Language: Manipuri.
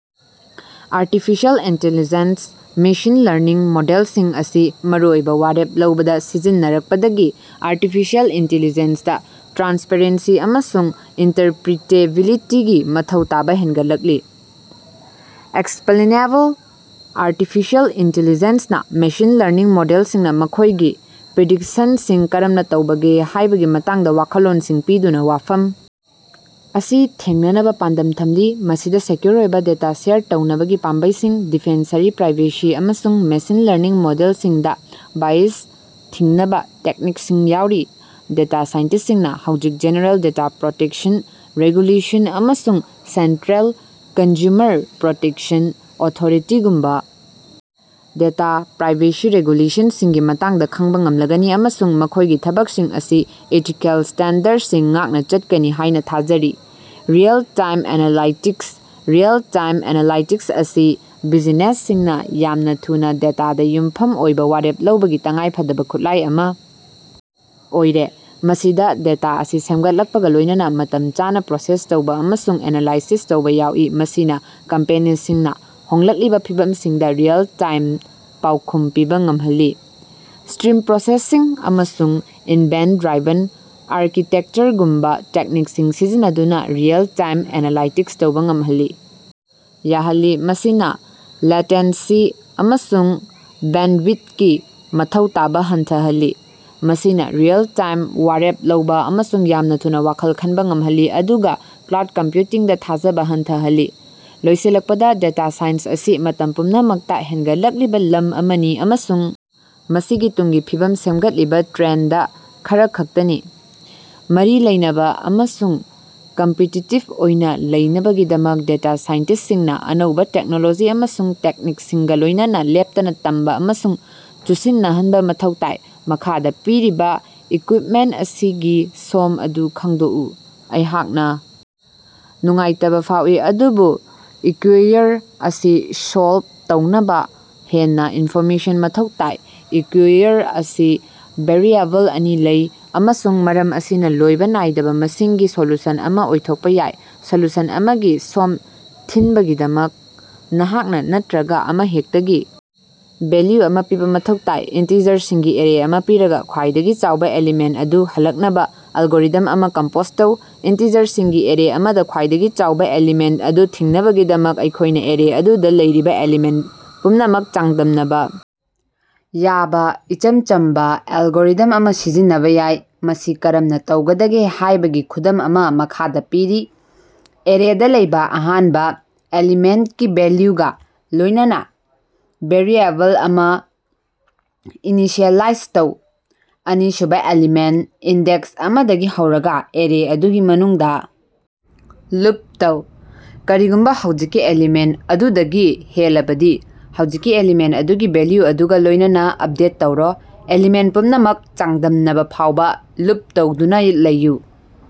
ꯑꯥꯔꯇꯤꯐꯤꯁꯤꯑꯦꯜ ꯏꯟꯇꯤꯂꯤꯖ‌ꯦꯟꯁ ꯃꯦꯁꯤꯟ ꯂꯔꯅꯤꯡ ꯃꯣꯗꯦꯜꯁꯤꯡ ꯑꯁꯤ ꯃꯔꯨꯑꯣꯏꯕꯥ ꯋꯥꯔꯦꯞ ꯂꯧꯕꯗꯥ ꯁꯤꯖꯤꯟꯅꯔꯛꯄꯗꯒꯤ ꯑꯥꯔꯇꯤꯐꯤꯁꯤꯑꯦꯜ ꯏꯟꯇꯤꯂꯤꯖ‌ꯦꯟꯁꯗꯥ ꯇ꯭ꯔꯥꯟꯁꯄꯔꯦꯟꯁꯤ ꯑꯃꯁꯨꯡ ꯏꯟꯇꯔꯄꯔꯤꯇꯦꯕꯤꯂꯤꯇꯤꯒꯤ ꯃꯊꯧ ꯇꯥꯕ ꯍꯦꯟꯒꯠꯂꯛꯂꯤ꯫ ꯑꯦꯛꯁꯄꯂꯦꯅꯦꯕꯜ ꯑꯥꯔꯇꯤꯐꯤꯁꯤꯑꯦꯜ ꯏꯟꯇꯤꯂꯤꯖ‌ꯦꯟꯁꯅꯥ ꯃꯦꯁꯤꯟ ꯂꯔꯅꯤꯡ ꯃꯣꯗꯦꯜꯁꯤꯡꯅꯥ ꯃꯈꯣꯏꯒꯤ ꯄ꯭ꯔꯤꯗꯤꯛꯁꯟꯁꯤꯡ ꯀꯔꯝꯅꯥ ꯇꯧꯕꯒꯦ ꯍꯥꯏꯕꯒꯤ ꯃꯇꯥꯡꯗꯥ ꯋꯥꯈꯜꯂꯣꯟꯁꯤꯡ ꯄꯤꯗꯨꯅꯥ ꯋꯥꯐꯝ ꯑꯁꯤ ꯊꯦꯡꯅꯅꯕꯥ ꯄꯥꯟꯗꯝ ꯊꯝꯂꯤ꯫ ꯃꯁꯤꯗꯥ ꯁꯦꯀ꯭ꯌꯨꯔ ꯑꯣꯏꯕꯥ ꯗꯦꯇꯥ ꯁꯦꯌꯔ ꯇꯧꯅꯕꯒꯤ ꯄꯥꯝꯕꯩꯁꯤꯡ, ꯗꯤꯐꯦꯟꯁꯔꯤ ꯄ꯭ꯔꯥꯏꯚꯦꯁꯤ, ꯑꯃꯁꯨꯡ ꯃꯦꯁꯤꯟ ꯂꯔꯅꯤꯡ ꯃꯣꯗꯦꯜꯁꯤꯡꯗꯥ ꯕꯥꯏꯁ ꯊꯤꯡꯅꯕ ꯇꯦꯛꯅꯤꯛꯁꯤꯡ ꯌꯥꯎꯔꯤ꯫ ꯗꯦꯇꯥ ꯁꯥꯏꯟꯇꯤꯁ꯭ꯇꯁꯤꯡꯅ ꯍꯧꯖꯤꯛ ꯖ‌ꯦꯅꯔ‌ꯦꯜ ꯗꯦꯇꯥ ꯄꯔ‌ꯣꯇ‌ꯦꯛꯁꯟ ꯔ‌ꯦꯒꯨꯂ‌ꯦꯁꯟ ꯑꯃꯁꯨꯡ ꯁ‌ꯦꯟꯇꯔ‌ꯦꯜ ꯀꯟꯖꯌꯨꯃꯔ ꯄꯔ‌ꯣꯇ‌ꯦꯛꯁꯟ ꯑꯣꯊ‌ꯣꯔꯤꯇꯤꯒꯨꯝꯕꯥ ꯗꯦꯇꯥ ꯄ꯭ꯔꯥꯏꯕꯦꯁꯤ ꯔꯦꯒꯨꯂꯦꯁꯟꯁꯤꯡꯒꯤ ꯃꯇꯥꯡꯗꯥ ꯈꯪꯕꯥ ꯉꯝꯂꯒꯅꯤ, ꯑꯃꯁꯨꯡ ꯃꯈꯣꯏꯒꯤ ꯊꯕꯛꯁꯤꯡ ꯑꯁꯤ ꯏꯊꯤꯀꯦꯜ ꯁ꯭ꯇꯦꯟꯗꯔꯗꯁꯤꯡ ꯉꯥꯛꯅ ꯆꯠꯀꯅꯤ ꯍꯥꯏꯅꯥ ꯊꯥꯖꯔꯤ꯫ ꯔꯤꯑꯦꯜ-ꯇꯥꯏꯝ ꯑꯦꯅꯥꯂꯥꯏꯇꯤꯛꯁ: ꯔꯤꯑꯦꯜ-ꯇꯥꯏꯝ ꯑꯦꯅꯥꯂꯥꯏꯇꯤꯛꯁ ꯑꯁꯤ ꯕꯤꯖꯤꯅꯦꯁꯁꯤꯡꯅꯥ ꯌꯥꯝꯅꯥ ꯊꯨꯅꯥ, ꯗꯦꯇꯥꯗ ꯌꯨꯝꯐꯝ ꯑꯣꯏꯕ ꯋꯥꯔꯦꯞ ꯂꯧꯕꯒꯤ ꯇꯉꯥꯏ ꯐꯗꯕ ꯈꯨꯠꯂꯥꯏ ꯑꯃꯥ ꯑꯣꯏꯔꯦ꯫ ꯃꯁꯤꯗ ꯗꯦꯇꯥ ꯑꯁꯤ ꯁꯦꯝꯒꯠꯂꯛꯄꯒ ꯂꯣꯏꯅꯅꯥ ꯃꯇꯝ ꯆꯥꯅꯥ ꯄ꯭ꯔꯣꯁꯦꯁ ꯇꯧꯕ ꯑꯃꯁꯨꯡ ꯑꯦꯅꯥꯂꯥꯏꯁꯤꯁ ꯇꯧꯕ ꯌꯥꯎꯏ, ꯃꯁꯤꯅ ꯀꯝꯄꯦꯅꯤꯁꯤꯡꯅ ꯍꯣꯡꯂꯛꯂꯤꯕ ꯐꯤꯚꯝꯁꯤꯡꯗ ꯔꯤꯑꯦꯜ-ꯇꯥꯏꯝ ꯄꯥꯎꯈꯨꯝ ꯄꯤꯕ ꯉꯝꯍꯜꯂꯤ꯫ ꯁ꯭ꯇꯔꯤꯝ ꯄ꯭ꯔꯣꯁꯦꯁꯤꯡ ꯑꯃꯁꯨꯡ ꯏꯟꯚꯦꯟꯇ-ꯗ꯭ꯔꯥꯏꯚꯟ ꯑꯥꯔꯀꯤꯇꯦꯛꯆꯔꯒꯨꯝꯕꯥ ꯇꯦꯛꯅꯤꯛꯁꯤꯡ ꯁꯤꯖꯤꯟꯅꯗꯨꯅ ꯔꯤꯑꯦꯜ-ꯇꯥꯏꯝ ꯑꯦꯅꯥꯂꯥꯏꯇꯤꯛꯁ ꯇꯧꯕꯥ ꯉꯝꯍꯜꯂꯤ ꯌꯥꯍꯜꯂꯤ, ꯃꯁꯤꯅꯥ ꯂꯦꯇꯦꯟꯁꯤ ꯑꯃꯁꯨꯡ ꯕꯦꯟꯗꯋꯤꯊꯀꯤ ꯃꯊꯧ ꯇꯥꯕꯥ ꯍꯟꯊꯍꯜꯂꯤ꯫ ꯃꯁꯤꯅꯥ ꯔꯤꯑꯦꯜ-ꯇꯥꯏꯝ ꯋꯥꯔꯦꯞ ꯂꯧꯕꯥ ꯑꯃꯁꯨꯡ ꯌꯥꯝꯅꯥ ꯊꯨꯅꯥ ꯋꯥꯈꯜ ꯈꯟꯕ ꯉꯝꯍꯜꯂꯤ, ꯑꯗꯨꯒ ꯀ꯭ꯂꯥꯎꯗ ꯀꯝꯄꯌꯨꯇꯤꯡꯗꯥ ꯊꯥꯖꯕꯥ ꯍꯟꯊꯍꯜꯂꯤ꯫ ꯂꯣꯏꯁꯤꯜꯂꯛꯄꯗꯥ, ꯗꯦꯇꯥ ꯁꯥꯏꯟꯁ ꯑꯁꯤ ꯃꯇꯝ ꯄꯨꯝꯅꯃꯛꯇꯥ ꯍꯦꯟꯒꯠꯂꯛꯂꯤꯕꯥ ꯂꯝ ꯑꯃꯅꯤ, ꯑꯃꯁꯨꯡ ꯃꯁꯤꯒꯤ ꯇꯨꯡꯒꯤ ꯐꯤꯕꯝ ꯁꯦꯝꯒꯠꯂꯤꯕꯥ ꯇ꯭ꯔꯦꯟꯗ ꯈꯔꯈꯛꯇꯅꯤ꯫ ꯃꯔꯤ ꯂꯩꯅꯕꯥ ꯑꯃꯁꯨꯡ ꯀꯝꯄꯤꯇꯤꯇꯤꯕ ꯑꯣꯏꯅ ꯂꯩꯅꯕꯒꯤꯗꯃꯛ ꯗꯦꯇꯥ ꯁꯥꯏꯟꯇꯤꯁ꯭ꯇꯁꯤꯡꯅꯥ ꯑꯅꯧꯕ ꯇꯦꯛꯅꯣꯂꯣꯖꯤ ꯑꯃꯁꯨꯡ ꯇꯦꯛꯅꯤꯛꯁꯤꯡꯒꯥ ꯂꯣꯏꯅꯅꯥ ꯂꯦꯞꯇꯅ ꯇꯝꯕꯥ ꯑꯃꯁꯨꯡ ꯆꯨꯁꯤꯟꯅꯍꯟꯕ ꯃꯊꯧ ꯇꯥꯏ꯫ ꯃꯈꯥꯗꯥ ꯄꯤꯔꯤꯕꯥ ꯏꯀꯌꯨꯏꯞꯃꯦꯟꯇ ꯑꯁꯤꯒꯤ ꯁꯣꯝ ꯑꯗꯨ ꯈꯪꯗꯣꯛꯎ꯫ ꯑꯩꯍꯥꯛꯅ ꯅꯨꯡꯉꯥꯏꯇꯕ ꯐꯥꯎꯏ, ꯑꯗꯨꯕꯨ ꯏꯀꯌꯨꯏꯌꯔ ꯑꯁꯤ ꯁꯣꯜꯕ ꯇꯧꯅꯕ ꯍꯦꯟꯅ ꯏꯟꯐꯣꯔꯃꯦꯁꯟ ꯃꯊꯧ ꯇꯥꯏ꯫ ꯏꯀꯌꯨꯏꯌꯔ ꯑꯁꯤ ꯚꯦꯔꯤꯑꯦꯕꯜ ꯑꯅꯤ ꯂꯩ, ꯑꯃꯁꯨꯡ ꯃꯔꯝ ꯑꯁꯤꯅꯥ ꯂꯣꯏꯕ ꯅꯥꯏꯗꯕ ꯃꯁꯤꯡꯒꯤ ꯁꯣꯂꯨꯁꯟ ꯑꯃꯥ ꯑꯣꯏꯊꯣꯛꯄꯥ ꯌꯥꯏ꯫ ꯁꯣꯂꯨꯁꯟ ꯑꯃꯒꯤ ꯁꯣꯝ ꯊꯤꯟꯕꯒꯤꯗꯃꯛ, ꯅꯍꯥꯛꯅ ꯅꯠꯇꯔꯒ ꯑꯃꯍꯦꯛꯇꯒꯤ ꯚꯦꯜꯌꯨ ꯑꯃꯥ ꯄꯤꯕꯥ ꯃꯊꯧ ꯇꯥꯏ꯫ ꯏꯟꯇꯤꯖꯔꯁꯤꯡꯒꯤ ꯑꯦꯔꯦ ꯑꯃꯥ ꯄꯤꯔꯒꯥ, ꯈ꯭ꯋꯥꯏꯗꯒꯤ ꯆꯥꯎꯕ ꯑꯦꯂꯤꯃꯦꯟꯠ ꯑꯗꯨ ꯍꯜꯂꯛꯅꯕ ꯑꯦꯜꯒꯣꯔꯤꯊꯝ ꯑꯃꯥ ꯀꯝꯄꯣꯖ ꯇꯧ꯫ ꯏꯟꯇꯤꯖꯔꯁꯤꯡꯒꯤ ꯑꯦꯔꯦ ꯑꯃꯗꯥ ꯈ꯭ꯋꯥꯏꯗꯒꯤ ꯆꯥꯎꯕ ꯑꯦꯂꯤꯃꯦꯟꯇ ꯑꯗꯨ ꯊꯤꯅꯕꯒꯤꯗꯃꯛ ꯑꯩꯈꯣꯏꯅꯥ ꯑꯦꯔꯦ ꯑꯗꯨꯗ ꯂꯩꯔꯤꯕꯥ ꯑꯦꯂꯤꯃꯦꯟꯇ ꯄꯨꯝꯅꯃꯛ ꯆꯥꯡꯗꯝꯅꯕꯥ ꯌꯥꯕꯥ ꯏꯆꯝ ꯆꯝꯕꯥ ꯑꯦꯜꯒꯣꯔꯤꯗꯝ ꯑꯃꯥ ꯁꯤꯖꯤꯟꯅꯕꯥ ꯌꯥꯏ꯫ ꯃꯁꯤ ꯀꯔꯝꯅꯥ ꯇꯧꯒꯗꯒꯦ ꯍꯥꯏꯕꯒꯤ ꯈꯨꯗꯝ ꯑꯃꯥ ꯃꯈꯥꯗ ꯄꯤꯔꯤ: ꯑꯦꯔꯦꯗ ꯂꯩꯕ ꯑꯍꯥꯟꯕ ꯑꯦꯂꯤꯃꯦꯟꯇꯀꯤ ꯚꯦꯜꯌꯨꯒ ꯂꯣꯏꯅꯅꯥ ꯚꯦꯔꯤꯑꯦꯕꯜ ꯑꯃ ꯏꯅꯤꯁꯤꯑꯦꯂꯥꯏꯖ ꯇꯧ꯫ ꯑꯅꯤꯁꯨꯕ ꯑꯦꯂꯤꯃꯦꯟꯇ ꯏꯟꯗꯦꯛꯁ ꯑꯃꯗꯒꯤ ꯍꯧꯔꯒ ꯑꯦꯔꯦ ꯑꯗꯨꯒꯤ ꯃꯅꯨꯡꯗ ꯂꯨꯞ ꯇꯧ꯫ ꯀꯔꯤꯒꯨꯝꯕ ꯍꯧꯖꯤꯛꯀꯤ ꯑꯦꯂꯤꯃꯦꯟꯇ ꯑꯗꯨ ꯗꯒꯤ ꯍꯦꯜꯂꯕꯗꯤ, ꯍꯧꯖꯤꯛꯀꯤ ꯑꯦꯂꯤꯃꯦꯟꯇ ꯑꯗꯨꯒꯤ ꯚꯦꯜꯌꯨ ꯑꯗꯨꯒꯥ ꯂꯣꯏꯅꯅꯥ ꯑꯞꯗꯦꯠ ꯇꯧꯔꯣ ꯑꯦꯂꯤꯃꯦꯟꯇ ꯄꯨꯝꯅꯃꯛ ꯆꯥꯡꯗꯝꯅꯕꯥ ꯐꯥꯎꯕ ꯂꯨꯞ ꯇꯧꯗꯨꯅꯥ ꯂꯩꯌꯨ꯫